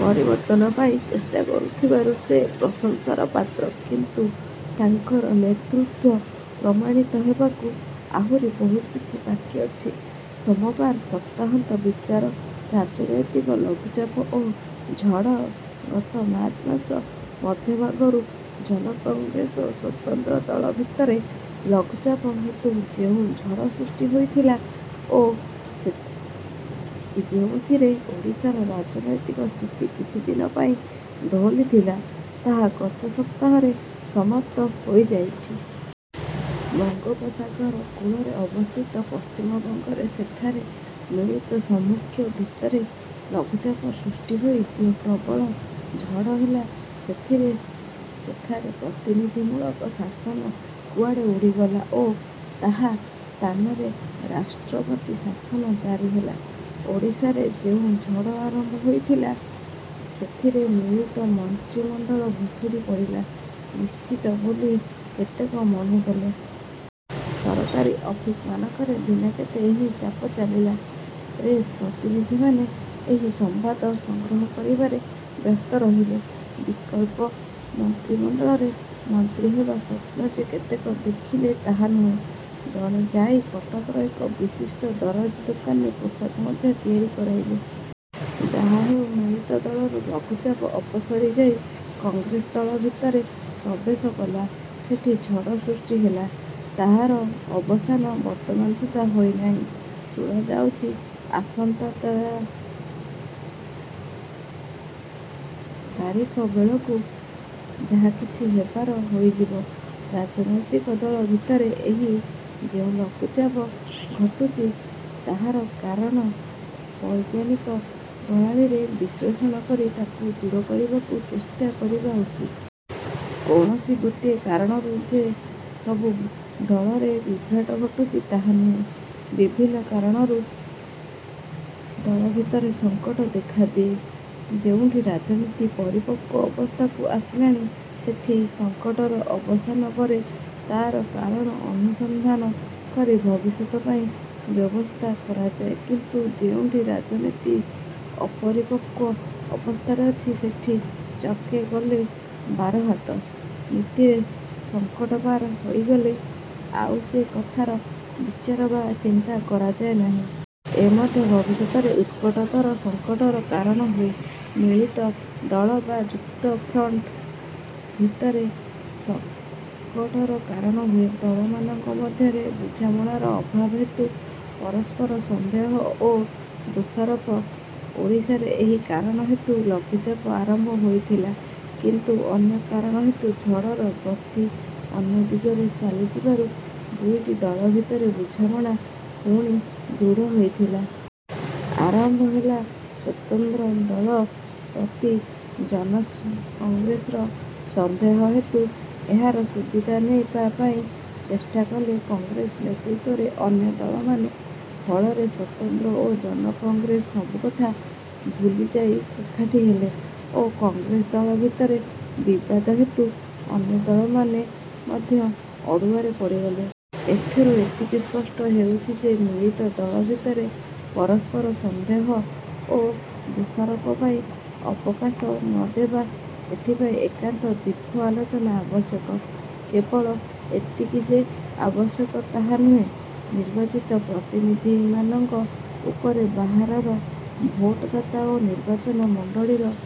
ପରିବର୍ତ୍ତନ ପାଇଁ ଚେଷ୍ଟା କରୁଥିବାରୁ ସେ ପ୍ରଶଂସାର ପାତ୍ର; କିନ୍ତୁ ତାଙ୍କର ନେତୃତ୍ୱ ପ୍ରମାଣିତ ହେବାକୁ ଆହୁରି ବହୁତ କିଛି ବାକି ଅଛି। ସୋମବାର ସପ୍ତାହାନ୍ତ ବିଚାର, ରାଜନୈତିକ ଲଘୁଚାପ ଓ ଝଡ଼ ଗତ ମାର୍ଚ୍ଚ ମାସ ମଧ୍ୟଭାଗରୁ ଜନ-କଂଗ୍ରେସ ଓ ସ୍ୱତନ୍ତ୍ର ଦଳ ଭିତରେ ଲଘୁଚାପ ହେତୁ ଯେଉଁ ଝଡ଼ ସୃଷ୍ଟି ହୋଇଥିଲା ଓ ଯେଉଁଥିରେ ଓଡ଼ିଶାର ରାଜନୈତିକ ସ୍ଥିତି କିଛିଦିନ ପାଇଁ ଦୋହଲିଥିଲା, ତାହା ଗତ ସପ୍ତାହରେ ସମାପ୍ତ ହୋଇଯାଇଛି। ବଙ୍ଗୋପସାଗରର କୂଳରେ ଅବସ୍ଥିତ ପଶ୍ଚିମବଙ୍ଗରେ ସେଠାରେ ମିଳିତ ସାମ୍ମୁଖ୍ୟ ଭିତରେ ଲଘୁଚାପ ସୃଷ୍ଟି ହୋଇ ଯେଉଁ ପ୍ରବଳ ଝଡ଼ ହେଲା, ସେଥିରେ ସେଠାରେ ପ୍ରତିନିଧିମୂଳକ ଶାସନ କୁଆଡ଼େ ଉଡ଼ିଗଲା ଓ ତାହା ସ୍ଥାନରେ ରାଷ୍ଟ୍ରପତି ଶାସନ ଜାରି ହେଲା। ଓଡ଼ିଶାରେ ଯେଉଁ ଝଡ଼ ଆରମ୍ଭ ହୋଇଥିଲା, ସେଥିରେ ମିଳିତ ମନ୍ତ୍ରିମଣ୍ଡଳ ଭୁଷୁଡ଼ି ପଡ଼ିବା ନିଶ୍ଚିତ ବୋଲି କେତେକ ମନେକଲେ। ସରକାରୀ ଅଫିସମାନଙ୍କରେ ଦିନାକେତେ ଏହି ଚାପ ଚାଲିଲା। ପ୍ରେସ ପ୍ରତିନିଧିମାନେ ଏହି ସମ୍ବାଦ ସଂଗ୍ରହ କରିବାରେ ବ୍ୟସ୍ତ ରହିଲେ। ବିକଳ୍ପ ମନ୍ତ୍ରିମଣ୍ଡଳରେ ମନ୍ତ୍ରୀ ହେବାର ସ୍ୱପ୍ନ ଯେ କେତେକ ଦେଖିଲେ ତାହା ନୁହେଁ, ଜଣେ ଯାଇ କଟକର ଏକ ବିଶିଷ୍ଟ ଦରଜି ଦୋକାନରେ ପୋଷାକ ମଧ୍ୟ ତିଆରି କରାଇଲେ। ଯାହାହେଉ ମିଳିତ ଦଳରୁ ଲଘୁଚାପ ଅପସରି ଯାଇ କଂଗ୍ରେସ ଦଳ ଭିତରେ ପ୍ରବେଶ କଲା। ସେଠି ଝଡ଼ ସୃଷ୍ଟି ହେଲା। ତାହାର ଅବସାନ ବର୍ତ୍ତମାନ ସୁଦ୍ଧା ହୋଇନାହିଁ। ଶୁଣାଯାଉଛି ଆସନ୍ତା ତା ତାରିଖ ବେଳକୁ ଯାହା କିଛି ହେବାର ହୋଇଯିବ। ରାଜନୈତିକ ଦଳ ଭିତରେ ଏହି ଯେଉଁ ଲଘୁଚାପ ଘଟୁଛି ତାହାର କାରଣ ବୈଜ୍ଞାନିକ ପ୍ରଣାଳୀରେ ବିଶ୍ଳେଷଣ କରି ତାକୁ ଦୂର କରିବାକୁ ଚେଷ୍ଟା କରିବା ଉଚିତ। କୌଣସି ଗୋଟିଏ କାରଣରୁ ଯେ ସବୁ ଦଳରେ ବିଭ୍ରାଟ ଘଟୁଛି, ତାହା ନୁହେଁ। ବିଭିନ୍ନ କାରଣରୁ ଦଳ ଭିତରେ ସଂକଟ ଦେଖାଦିଏ। ଯେଉଁଠି ରାଜନୀତି ପରିପକ୍ୱ ଅବସ୍ଥାକୁ ଆସିଲାଣି, ସେଠି ସଂକଟର ଅବସାନ ପରେ ତା'ର କାରଣ ଅନୁସନ୍ଧାନ କରି ଭବିଷ୍ୟତ ପାଇଁ ବ୍ୟବସ୍ଥା କରାଯାଏ; କିନ୍ତୁ ଯେଉଁଠି ରାଜନୀତି ଅପରିପକ୍ୱ ଅବସ୍ଥାରେ ଅଛି ସେଠି ''ଚକେ ଗଲେ ବାରହାତ'' ନୀତିରେ ସଂକଟ ପାର ହୋଇଗଲେ ଆଉ ସେ କଥାର ବିଚାର ବା ଚିନ୍ତା କରାଯାଏ ନାହିଁ। ଏ ମଧ୍ୟ ଭବିଷ୍ୟତରେ ଉତ୍କଟତର ସଂକଟର କାରଣ ହୁଏ। ମିଳିତ ଦଳ ବା ଯୁକ୍ତଫ୍ରଣ୍ଟ ଭିତରେ ସଂକଟର କାରଣ ହୁଏ ଦଳମାନଙ୍କ ମଧ୍ୟରେ ବୁଝାମଣାର ଅଭାବ ହେତୁ ପରସ୍ପର ସନ୍ଦେହ ଓ ଦୋଷାରୋପ। ଓଡ଼ିଶାରେ ଏହି କାରଣ ହେତୁ ଲଘୁଚାପ ଆରମ୍ଭ ହୋଇଥିଲା; କିନ୍ତୁ ଅନ୍ୟ କାରଣ ହେତୁ ଝଡ଼ର ଗତି ଅନ୍ୟ ଦିଗରେ ଚାଲିଯିବାରୁ ଦୁଇଟି ଦଳ ଭିତରେ ବୁଝାମଣା ପୁଣି ଦୃଢ଼ ହୋଇଥିଲା। ଆରମ୍ଭ ହେଲା ସ୍ୱତନ୍ତ୍ର ଦଳ ପ୍ରତି ଜନକଂଗ୍ରେସର ସନ୍ଦେହ ହେତୁ। ଏହାର ସୁବିଧା ନେବାପାଇଁ ଚେଷ୍ଟା କଲେ କଂଗ୍ରେସ ନେତୃତ୍ୱରେ ଅନ୍ୟ ଦଳମାନେ। ଫଳରେ ସ୍ୱତନ୍ତ୍ର ଓ ଜନକଂଗ୍ରେସ ସବୁକଥା ଭୁଲିଯାଇ ଏକାଠି ହେଲେ ଓ କଂଗ୍ରେସ ଦଳ ଭିତରେ ବିବାଦ ହେତୁ ଅନ୍ୟ ଦଳମାନେ ମଧ୍ୟ ଅଡ଼ୁଆରେ ପଡ଼ିଗଲେ। ଏଥିରୁ ଏତିକି ସ୍ପଷ୍ଟ ହେଉଛି ଯେ ମିଳିତ ଦଳ ଭିତରେ ପରସ୍ପର ସନ୍ଦେହ ଓ ଦୋଷାରୋପ ପାଇଁ ଅବକାଶ ନ ଦେବା। ଏଥିପାଇଁ ଏକାନ୍ତ ଦୀର୍ଘ ଆଲୋଚନା ଆବଶ୍ୟକ। କେବଳ ଏତିକି ଯେ ଆବଶ୍ୟକ ତାହା ନୁହେଁ। ନିର୍ବାଚିତ ପ୍ରତିନିଧିମାନଙ୍କ ଉପରେ ବାହାରର ଭୋଟଦାତା ଓ ନିର୍ବାଚନ ମଣ୍ଡଳୀର